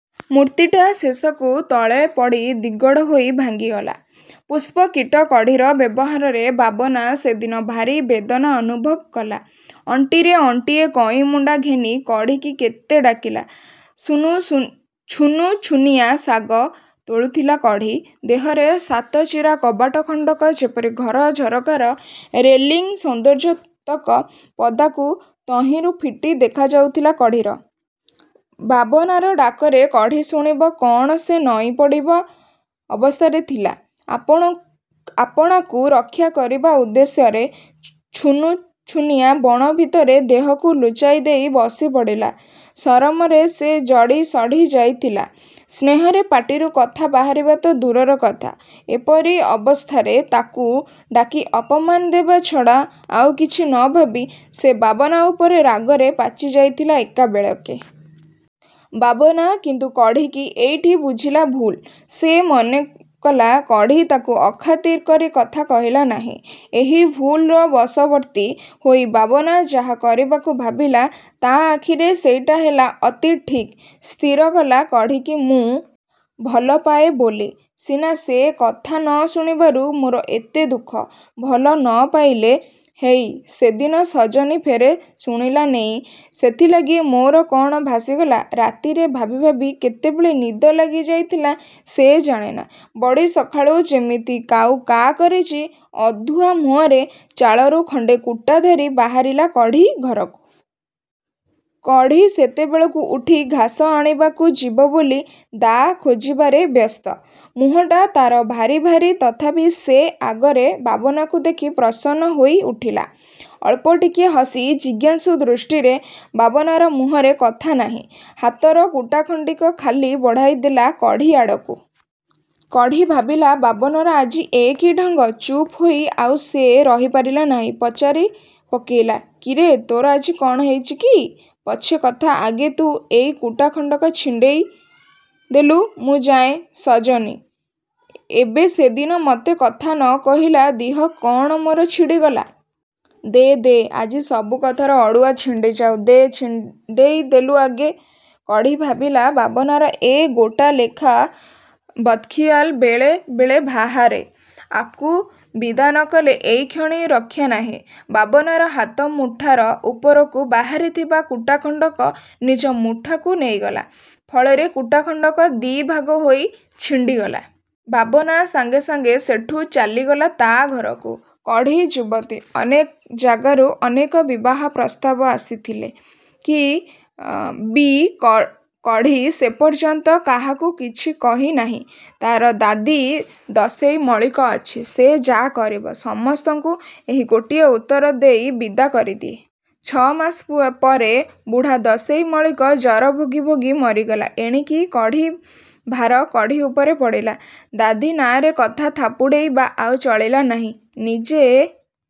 ମୂର୍ତ୍ତିଟା ଶେଷକୁ ତଳେ ପଡ଼ି ଦିଗଡ଼ ହୋଇ ଭାଙ୍ଗିଗଲା। ପୁଷ୍ପ-କୀଟ କଢ଼ୀର ବ୍ୟବହାରରେ ବାବନା ସେଦିନ ଭାରି ବେଦନା ଅନୁଭବ କଲା। ଅଣ୍ଟିରେ ଅଣ୍ଟିଏ କଇଁମୁଣ୍ଡା ଘେନି କଢ଼ୀକି କେତେ ଡାକିଲା। ଛୁନୁଛୁନିଆ ଶାଗ ତୋଳୁଥିଲା କଢ଼ୀ, ଦେହର ସାତ ଚିରା କବଟା ଖଣ୍ଡକ ଯେପରି ଘର ଝରକାର ରେଲିଂ–ସୌନ୍ଦର୍ଯ୍ୟତକ ପଦାକୁ ତହିଁରୁ ଫିଟି ଦେଖାଯାଉଥିଲା କଢ଼ୀର। ବାବନାର ଡାକରେ କଢ଼ୀ ଶୁଣିବ କଣ ସେ ନଇଁପଡ଼ିବା ଅବସ୍ଥାରେ ଥିଲା, ଆପଣାକୁ ରକ୍ଷା କରିବା ଉଦ୍ଦେଶ୍ୟରେ ଛୁନୁଛୁନିଆ ବଣ ଭିତରେ ଦେହକୁ ଲୁଚାଇ ଦେଇ ବସିପଡ଼ିଲା। ସରମରେ ସେ ଜଡ଼ି ସଢ଼ି ଯାଇଥିଲା, ସ୍ନେହରେ ପାଟିରୁ କଥା ବାହାରିବା ତ ଦୂରର କଥା, ଏପରି ଅବସ୍ଥାରେ ତାକୁ ଡାକି ଅପମାନ ଦେବା ଛଡ଼ା ଆଉ କିଛି ନ ଭାବି ସେ ବାବନା ଉପରେ ରାଗରେ ପାଚି ଯାଇଥିଲା ଏକାବେଳେକେ। ବାବନା କିନ୍ତୁ କଢ଼ୀକି ଏଇଠି ବୁଝିଲା ଭୁଲ। ସେ ମନେ କଲା, କଢ଼ୀ ତାକୁ ଅଖାତିର କରି କଥା କହିଲା ନାହିଁ। ଏହି ଭୁଲର ବଶବର୍ତ୍ତୀ ହୋଇ ବାବନା ଯାହା କରିବାକୁ ଭାବିଲା ତା ଆଖିରେ ସେଇଟା ହେଲା ଅତି ଠିକ। ସ୍ଥିର କଲା, କଢ଼ୀକି–ମୁଁ। ଭଲପାଏ ବୋଲି ସିନା ସେ କଥା ନ ଶୁଣିବାରୁ ମୋର ଏତେ ଦୁଃଖ। ଭଲ ନ ପାଇଲେ। ହେଇ, ସେଦିନ ସଜନୀ ଫେରେ ଶୁଣିଲା ନେଇଁ–ସେଥିଲାଗି ମୋର କଣ ଭାସିଗଲା! –ରାତିରେ ଭାବିଭାବି କେତେବେଳେ ନିଦ ଲାଗିଯାଇଥିଲା ସେ ଜାଣେ ନା, ବଡ଼ି ସକାଳୁ ଯେମିତି କାଉ କା' କରିଚି ଅଧୁଆମୁହଁରେ ଚାଳରୁ ଖଣ୍ଡେ କୁଟା ଧରି ବାହାରିଲା କଢ଼ୀ ଘରକୁ। କଢ଼ୀ ସେତେବେଳକୁ ଉଠି ଘାସ ଆଣିବାକୁ ଯିବ ବୋଲି ଦା' ଖୋଜିବାରେ ବ୍ୟସ୍ତ। ମୁହଁଟା ତାର ଭାରି ଭାରି, ତଥାପି ସେ ଆଗରେ ବାବନାକୁ ଦେଖି ପ୍ରସନ୍ନ ହୋଇଉଠିଲା। ଅଳ୍ପ ଟିକିଏ ହସି ଜିଜ୍ଞାସୁ ଦୃଷ୍ଟିରେ ବାବନାର ମୁହଁରେ କଥା ନାହିଁ, ହାତର କୁଟାଖଣ୍ଡିକ ଖାଲି ବଢ଼ାଇ ଦେଲା କଢ଼ୀଆଡ଼କୁ। କଢ଼ୀ ଭାବିଲା ବାବନାର ଆଜି ଏ କି ଢଙ୍ଗ-। ଚୁପ ହୋଇ ଆଉ ସେ ରହି ପାରିଲା ନାହିଁ। ପଚାରି ପକେଇଲା, କିରେ ତୋର ଆଜି କଣ ହୋଇଚିକି? –ପଛେ କଥା, ଆଗେ ତୁ ଏଇ କୁଟା ଖଣ୍ଡକ ଛିଣ୍ଡେଇ ଦେଲୁ, ମୁଁ ଯାଏଁ।... ସଜନୀ ଏବେ ସେଦିନ ମତେ କଥା ନ କହିଲା ଦିହ କଣ ମୋର ଛିଡ଼ିଗଲା–! ଦେ, ଦେ,–ଆଜି ସବୁ କଥାର ଅଡ଼ୁଆ ଛିଣ୍ଡିଯାଉ। ଦେ, ଛିଣ୍ଡେଇ ଦେଲୁ ଆଗେ। କଢ଼ୀ ଭାବିଲା ବାବନାର ଏ ଗୋଟା ଲେଖାଁ ବଦ୍ଖିଆଲ ବେଳେବେଳେ ବାହାରେ। ଆକୁ ବିଦା ନ କଲେ ଏଇକ୍ଷଣି ରକ୍ଷା ନାହିଁ। ବାବନାର ହାତ ମୁଠାର ଉପରକୁ ବାହାରିଥିବା କୁଟା ଖଣ୍ଡକ ନିଜ ମୁଠାକୁ ନେଇଗଲା, ଫଳରେ କୁଟା ଖଣ୍ଡକ ଦି'ଭାଗ ହୋଇ ଛିଣ୍ଡିଗଲା। ବାବନା ସାଙ୍ଗେ ସାଙ୍ଗେ ସେଠୁ ଚାଲିଗଲା ତା ଘରକୁ। କଢ଼ୀ ଯୁବତୀ। ଅନେକ ଯାଗାରୁ ଅନେକ ବିବାହ ପ୍ରସ୍ତାବ ଆସିଥିଲେ ବି କଢ଼ୀ ସେ ପର୍ଯ୍ୟନ୍ତ କାହାକୁ କିଛି କହି ନାହିଁ। ତାର ଦାଦୀ ଦଶେଇ ମଳିକ ଅଛି, 'ସେ ଯା' କରିବ ସମସ୍ତଙ୍କୁ ଏହି ଗୋଟିଏ ଉତ୍ତର ଦେଇ ବିଦା କରିଦିଏ। ଛ'ମାସ ପରେ ବୁଢ଼ା ଦଶେଇ ମଳିକ ଜର ଭୋଗି ଭୋଗି ମରିଗଲା। ଏଣିକି କଢ଼ୀ ଭାର କଢ଼ୀ ଉପରେ ପଡ଼ିଲା। ଦାଦୀ ନାଁରେ କଥା ଥାପୁଡ଼େଇବା ଆଉ ଚଳିଲା ନାହିଁ। ନିଜେ